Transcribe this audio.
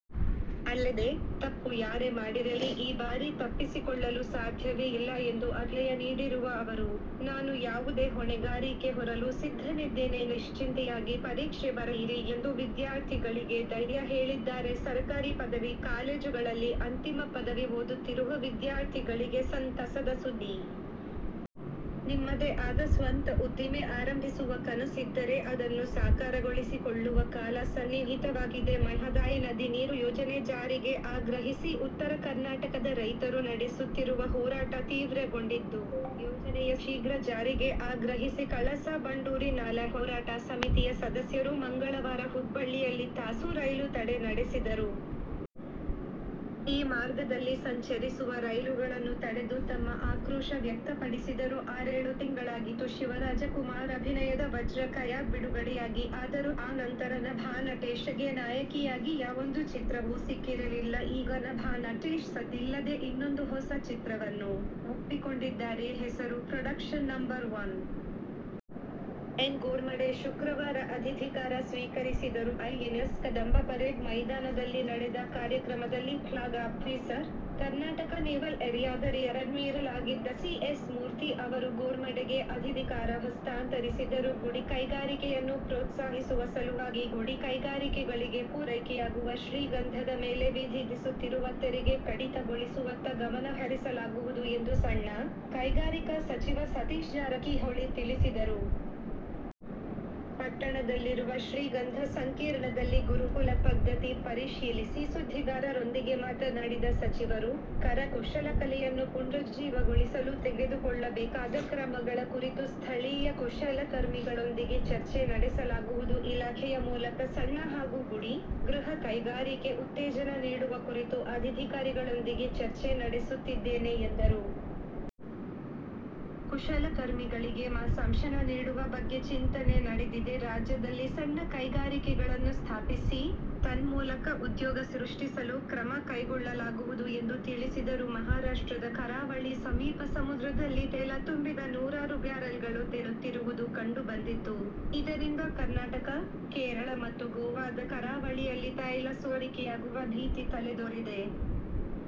ಅಲ್ಲದೆ, ತಪ್ಪು ಯಾರೇ ಮಾಡಿರಲಿ ಈ ಬಾರಿ ತಪ್ಪಿಸಿಕೊಳ್ಳಲು ಸಾಧ್ಯವೇ ಇಲ್ಲ ಎಂದು ಅಭಯ ನೀಡಿರುವ ಅವರು, ನಾನು ಯಾವುದೇ ಹೊಣೆಗಾರಿಕೆ ಹೊರಲೂ ಸಿದ್ಧನಿದ್ದೇನೆ. ನಿಶ್ಚಿಂತೆಯಾಗಿ ಪರೀಕ್ಷೆ ಬರೆಯಿರಿ ಎಂದು ವಿದ್ಯಾರ್ಥಿಗಳಿಗೆ ಧೈರ್ಯ ಹೇಳಿದ್ದಾರೆ. ಸರ್ಕಾರಿ ಪದವಿ ಕಾಲೇಜುಗಳಲ್ಲಿ ಅಂತಿಮ ಪದವಿ ಓದುತ್ತಿರುವ ವಿದ್ಯಾರ್ಥಿಗಳಿಗೆ ಸಂತಸದ ಸುದ್ದಿ. ನಿಮ್ಮದೇ ಆದ ಸ್ವಂತ ಉದ್ದಿಮೆ ಆರಂಭಿಸುವ ಕನಸಿದ್ದರೆ ಅದನ್ನು ಸಾಕಾರಗೊಳಿಸಿಕೊಳ್ಳುವ ಕಾಲ ಸನ್ನಿಹಿತವಾಗಿದೆ. ಮಹದಾಯಿ ನದಿ ನೀರು ಯೋಜನೆ ಜಾರಿಗೆ ಆಗ್ರಹಿಸಿ ಉತ್ತರ ಕರ್ನಾಟಕದ ರೈತರು ನಡೆಸುತ್ತಿರುವ ಹೋರಾಟ ತೀವ್ರಗೊಂಡಿದ್ದು, ಯೋಜನೆಯ ಶೀಘ್ರ ಜಾರಿಗೆ ಆಗ್ರಹಿಸಿ ಕಳಸಾ-ಬಂಡೂರಿ ನಾಲಾ ಹೋರಾಟ ಸಮಿತಿಯ ಸದಸ್ಯರು ಮಂಗಳವಾರ ಹುಬ್ಬಳ್ಳಿಯಲ್ಲಿ ತಾಸು ರೈಲು ತಡೆ ನಡೆಸಿದರು. ಈ ಮಾರ್ಗದಲ್ಲಿ ಸಂಚರಿಸುವ ರೈಲುಗಳನ್ನು ತಡೆದು ತಮ್ಮ ಆಕ್ರೋಶ ವ್ಯಕ್ತಪಡಿಸಿದರು. ಆರೇಳು ತಿಂಗಳಾಗಿತ್ತು ಶಿವರಾಜಕುಮಾರ್ ಅಭಿನಯದ "ವಜ್ರಕಾಯ' ಬಿಡುಗಡೆಯಾಗಿ. ಆದರೂ ಆ ನಂತರ ನಭಾ ನಟೇಶ್ಗೆ ನಾಯಕಿಯಾಗಿ ಯಾವೊಂದು ಚಿತ್ರವೂ ಸಿಕ್ಕಿರಲಿಲ್ಲ. ಈಗ ನಭಾ ನಟೇಶ್ ಸದ್ದಿಲ್ಲದೆ ಇನ್ನೊಂದು ಹೊಸ ಚಿತ್ರವನ್ನು ಒಪ್ಪಿಕೊಂಡಿದ್ದಾರೆ. ಹೆಸರು "production number one'. N. Gormade ಶುಕ್ರವಾರ ಅಧಿಧಿಕಾರ ಸ್ವೀಕರಿಸಿದರು. ಐಎನ್ಎಸ್ ಕದಂಬ ಪರೇಡ್ ಮೈದಾನದಲ್ಲಿ ನಡೆದ ಕಾರ್ಯಕ್ರಮದಲ್ಲಿ ಫ್ಲಾಗ್ ಆಫೀಸರ್, ಕರ್ನಾಟಕ ನೇವಲ್ ಏರಿಯಾದ ರಿಯರ್ ಅಡ್ಮಿರಲ್ ಆಗಿದ್ದ ಸಿ. ಎಸ್. ಮೂರ್ತಿ ಅವರು ಗೋರ್ಮಡೆಗೆ ಅಧಿಧಿಕಾರ ಹಸ್ತಾಂತರಿಸಿದರು. ಗುಡಿಕೈಗಾರಿಕೆಯನ್ನು ಪ್ರೋತ್ಸಾಹಿಸುವ ಸಲುವಾಗಿ ಗುಡಿಕೈಗಾರಿಕೆಗಳಿಗೆ ಪೂರೈಕೆಯಾಗುವ ಶ್ರೀಗಂಧದ ಮೇಲೆ ವಿಧಿಧಿಸುತ್ತಿರುವ ತೆರಿಗೆ ಕಡಿತಗೊಳಿಸುವತ್ತ ಗಮನ ಹರಿಸಲಾಗುವುದು ಎಂದು ಸಣ್ಣ ಕೈಗಾರಿಕಾ ಸಚಿವ ಸತೀಶ್ ಜಾರಕಿಹೊಳಿ ತಿಳಿಸಿದರು. ಪಟ್ಟಣದಲ್ಲಿರುವ ಶ್ರೀಗಂಧ ಸಂಕೀರ್ಣದಲ್ಲಿ ಗುರುಕುಲ ಪದ್ಧತಿ ಪರಿಶೀಲಿಸಿ ಸುದ್ದಿಗಾರರೊಂದಿಗೆ ಮಾತನಾಡಿದ ಸಚಿವರು, ಕರಕುಶಲ ಕಲೆಯನ್ನು ಪುನರುಜ್ಜೀವಗೊಳಿಸಲು ತೆಗೆದುಕೊಳ್ಳಬೇಕಾದ ಕ್ರಮಗಳ ಕುರಿತು ಸ್ಥಳೀಯ ಕುಶಲಕರ್ಮಿಗಳೊಂದಿಗೆ ಚರ್ಚೆ ನಡೆಸಲಾಗುವುದು. ಇಲಾಖೆಯ ಮೂಲಕ ಸಣ್ಣ ಹಾಗೂ ಗುಡಿ, ಗೃಹ ಕೈಗಾರಿಕೆ ಉತ್ತೇಜನ ನೀಡುವ ಕುರಿತು ಅಧಿಧಿಕಾರಿಗಳೊಂದಿಗೆ ಚರ್ಚೆ ನಡೆಸುತ್ತಿದ್ದೇನೆ ಎಂದರು. ಕುಶಲಕರ್ಮಿಗಳಿಗೆ ಮಾಸಾಶನ ನೀಡುವ ಬಗ್ಗೆ ಚಿಂತನೆ ನಡೆದಿದೆ. ರಾಜ್ಯದಲ್ಲಿ ಸಣ್ಣ ಕೈಗಾರಿಕೆಗಳನ್ನು ಸ್ಥಾಪಿಸಿ, ತನ್ಮೂಲಕ ಉದ್ಯೋಗ ಸೃಷ್ಟಿಸಲು ಕ್ರಮ ಕೈಗೊಳ್ಳಲಾಗುವುದು ಎಂದು ತಿಳಿಸಿದರು. ಮಹಾರಾಷ್ಟ್ರದ ಕರಾವಳಿ ಸಮೀಪ ಸಮುದ್ರದಲ್ಲಿ ತೈಲ ತುಂಬಿದ ನೂರಾರು ಬ್ಯಾರಲ್ಗಳು ತೇಲುತ್ತಿರುವುದು ಕಂಡು ಬಂದಿದ್ದು, ಇದರಿಂದ ಕರ್ನಾಟಕ, ಕೇರಳ ಮತ್ತು ಗೋವಾದ ಕರಾವಳಿಯಲ್ಲಿ ತೈಲ ಸೋರಿಕೆಯಾಗುವ ಭೀತಿ ತಲೆದೋರಿದೆ.